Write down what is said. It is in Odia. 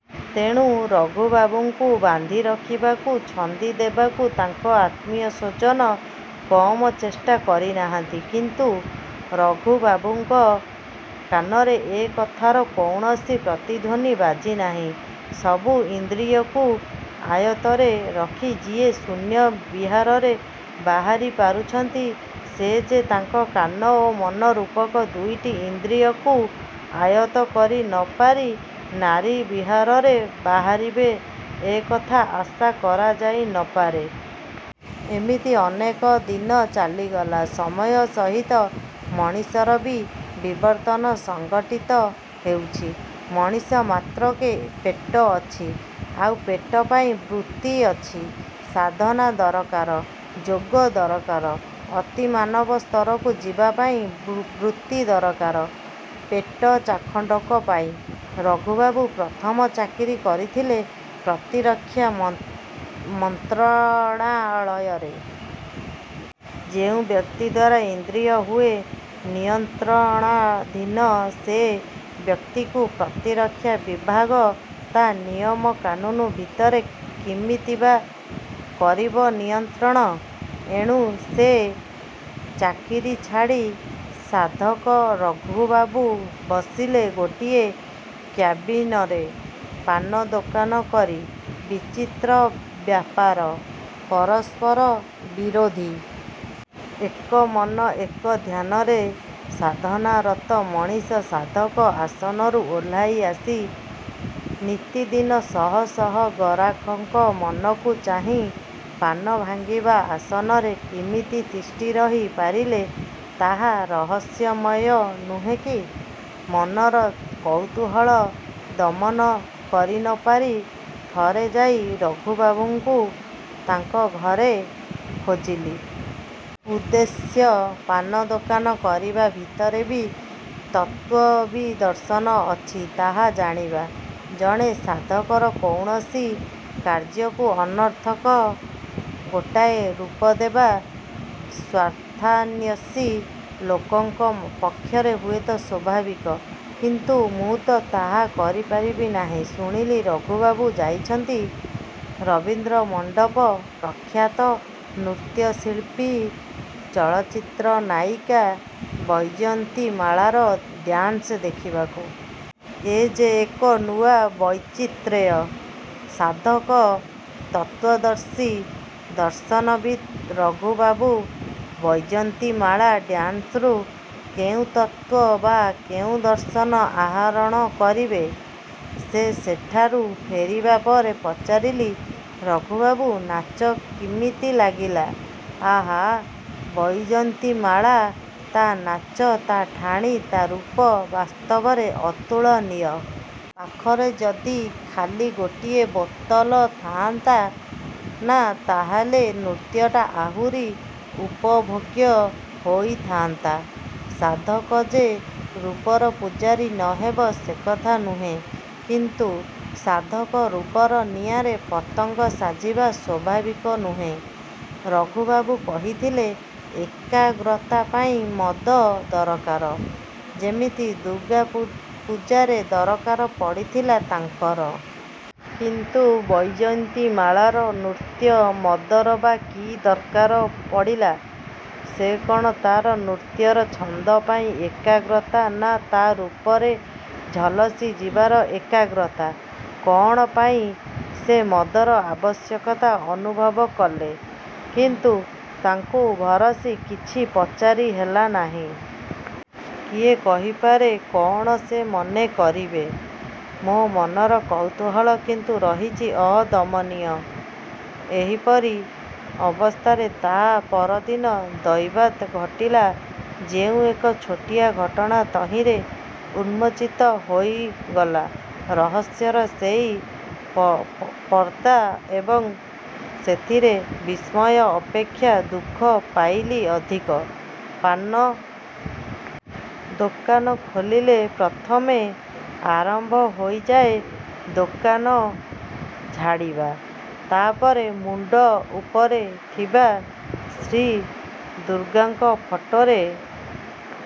ତେଣୁ ରଘୁବାବୁଙ୍କୁ ବାନ୍ଧିରଖିବାକୁ, ଛନ୍ଦି ଦେବାକୁ ତାଙ୍କ ଆତ୍ମୀୟ ସ୍ୱଜନ କମ୍ ଚେଷ୍ଟା କରିନାହାନ୍ତି; କିନ୍ତୁ ରଘୁବାବୁଙ୍କ କାନରେ ଏ କଥାର କୌଣସି ପ୍ରତିଧ୍ଵନି ବାଜି ନାହିଁ। ସବୁ ଇନ୍ଦ୍ରିୟକୁ ଆୟତ୍ତରେ ରଖି ଯିଏ ଶୂନ୍ୟ ବିହାରରେ ବାହାରିପାରୁଛନ୍ତି ସେ ଯେ ତାଙ୍କ କାନ ଓ ମନ ରୂପକ ଦୁଇଟି ଇନ୍ଦ୍ରିୟକୁ ଆୟତ୍ତ କରିନପାରି ନାରୀ ବିହାରରେ ବାହାରିବେ ଏ କଥା ଆଶା କରାଯାଇନପାରେ। ଏମିତି ଅନେକ ଦିନ ଚାଲିଗଲା। ସମୟ ସହିତ ମଣିଷର ବି ବିବର୍ତ୍ତନ ସଂଘଟିତ ହେଉଛି। ମଣିଷ ମାତ୍ରକେ ପେଟ ଅଛି; ଆଉ ପେଟ ପାଇଁ ବୃତ୍ତି ଅଛି। ସାଧନା ଦରକାର, ଯୋଗ ଦରକାର ଅତିମାନବ ସ୍ତରକୁ ଯିବାପାଇଁ ବୃତ୍ତି ଦରକାର ପେଟ ଚାଖଣ୍ଡକ ପାଇଁ। ରଘୁବାବୁ ପ୍ରଥମ ଚାକିରି କରିଥିଲେ ପ୍ରତିରକ୍ଷା ମନ୍ତ୍ରଣାଳୟରେ। ଯେଉଁ ବ୍ୟକ୍ତି ଦ୍ୱାରା ଇନ୍ଦ୍ରିୟ ହୁଏ ନିୟନ୍ତ୍ରଣାଧୀନ ସେ ବ୍ୟକ୍ତିକୁ ପ୍ରତିରକ୍ଷା ବିଭାଗ ତା' ନିୟମ କାନୁନ୍ ଭିତରେ କିମିତି ବା କରିବ ନିୟନ୍ତ୍ରଣ। ଏଣୁ ସେ ଚାକିରି ଛାଡ଼ି ସାଧକ ରଘୁବାବୁ ବସିଲେ ଗୋଟିଏ କ୍ୟାବିନରେ ପାନ ଦୋକାନ କରି। ବିଚିତ୍ର ବ୍ୟାପାର। ପରସ୍ପର ବିରୋଧୀ। ଏକ ମନ ଏକ ଧ୍ୟାନରେ ସାଧନାରତ ମଣିଷ ସାଧକ ଆସନରୁ ଓହ୍ଲାଇ ଆସି ନିତିଦିନ ଶହ ଶହ ଗରାଖଙ୍କ ମନକୁ ଚାହିଁ ପାନ ଭାଙ୍ଗିବା ଆସନରେ କିମିତି ତିଷ୍ଠି ରହି ପାରିଲେ ତାହା ରହସ୍ୟମୟ ନୁହେଁ କି? ମନର କୌତୂହଳ ଦମନ କରିନପାରି ଥରେ ଯାଇ ରଘୁବାବୁଙ୍କୁ ତାଙ୍କ ଘରେ ଖୋଜିଲି-। ଉଦ୍ଦେଶ୍ୟ-ପାନଦୋକାନ କରିବା ଭିତରେ ବି ତତ୍ତ୍ୱ କି ଦର୍ଶନ ଅଛି ତାହା ଜାଣିବା-। ଜଣେ ସାଧକର କୌଣସି କାର୍ଯ୍ୟକୁ ଅନର୍ଥକ ଗୋଟାଏ ରୂପଦେବା ସ୍ୱାର୍ଥାନ୍ଵେଷୀ ଲୋକଙ୍କ ପକ୍ଷରେ ହୁଏତ ସ୍ୱାଭାବିକ କିନ୍ତୁ ମୁଁ ତ ତାହା କରିପାରିବି ନାହିଁ। ଶୁଣିଲି ରଘୁବାବୁ ଯାଇଛନ୍ତି ରବୀନ୍ଦ୍ର ମଣ୍ଡପ ପ୍ରଖ୍ୟାତ ନୃତ୍ୟଶିଳ୍ପୀ, ଚଳଚ୍ଚିତ୍ର ନାୟିକା ବୈଜୟନ୍ତୀମାଳାର ଡାନ୍ସ ଦେଖିବାକୁ। ଏ ଯେ ଏକ ନୂଆ ବୈଚିତ୍ର୍ୟ। ସାଧକ, ତତ୍ତ୍ୱଦର୍ଶୀ ଦର୍ଶନବିତ୍ ରଘୁବାବୁ ବୈଜୟନ୍ତୀମାଳା ଡାନ୍ସରୁ କେଉଁ ତତ୍ତ୍ୱ ବା କେଉଁ ଦର୍ଶନ ଆହରଣ କରିବେ-? ସେ ସେଠାରୁ ଫେରିବା ପରେ ପଚାରିଲି-ରଘୁବାବୁ, ନାଚ କିମିତି ଲାଗିଲା? ଆହାଃ ବୈଜୟନ୍ତୀମାଳା-ତା' ନାଚ, ତା' ଠାଣି, ତା' ରୂପ ବାସ୍ତବରେ ଅତୁଳନୀୟ। ପାଖରେ ଯଦି ଖାଲି ଗୋଟିଏ ବୋତଲ ଥାଆନ୍ତା ନା ତା'ହେଲେ ନୃତ୍ୟଟା ଆହୁରି ଉପଭୋଗ୍ୟ ହୋଇଥାନ୍ତା। ସାଧକ ଯେ ରୂପର ପୂଜାରୀ ନହେବ ସେକଥା ନୁହେଁ। କିନ୍ତୁ ସାଧକ ରୂପର ନିଆଁରେ ପତଙ୍ଗ ସାଜିବା ସ୍ୱାଭାବିକ ନୁହେଁ। ରଘୁବାବୁ କହିଥିଲେ ଏକାଗ୍ରତା ପାଇଁ ମଦ ଦରକାର-ଯେମିତି ଦୁର୍ଗା ପୂଜାରେ ଦରକାର ପଡ଼ିଥିଲା ତାଙ୍କର। କିନ୍ତୁ ବୈଜୟନ୍ତୀମାଳାର ନୃତ୍ୟ ମଦର ବା କି ଦରକାର ପଡ଼ିଲା? ସେ କ'ଣ ତା'ର ନୃତ୍ୟର ଛନ୍ଦ ପାଇଁ ଏକାଗ୍ରତା ନା ତା' ରୂପରେ ଝଲସି ଯିବାର ଏକାଗ୍ରତା? କ'ଣ ପାଇଁ ସେ ମଦର ଆବଶ୍ୟକତା ଅନୁଭବ କଲେ? କିନ୍ତୁ ତାଙ୍କୁ ଭରସି କିଛି ପଚାରି ହେଲା ନାହିଁ। କିଏ କହିପାରେ କ'ଣ ସେ ମନେ କରିବେ? ମୋ'ମନର କୌତୂହଳ କିନ୍ତୁ ରହିଛି ଅଦମନୀୟ। ଏହିପରି ଅବସ୍ଥାରେ ତା'ପରଦିନ ଦୈବାତ୍ ଘଟିଲା ଯେଉଁ ଏକ ଛୋଟିଆ ଘଟଣା ତହିଁରେ ଉନ୍ମୋଚିତ ହୋଇଗଲା ରହସ୍ୟର ସେଇ ପର୍ଦ୍ଦା-ଏବଂ ସେଥିରେ ବିସ୍ମୟ ଅପେକ୍ଷା ଦୁଃଖ ପାଇଲି ଅଧିକ। ପାନ ଦୋକାନ ଖୋଲିଲେ ପ୍ରଥମେ ଆରମ୍ଭ ହୋଇଯାଏ ଦୋକାନ ଝାଡ଼ିବା, ତା'ପରେ ମୁଣ୍ଡ ଉପରେ ଥିବା ଶ୍ରୀ ଦୁର୍ଗାଙ୍କ ଫଟୋରେ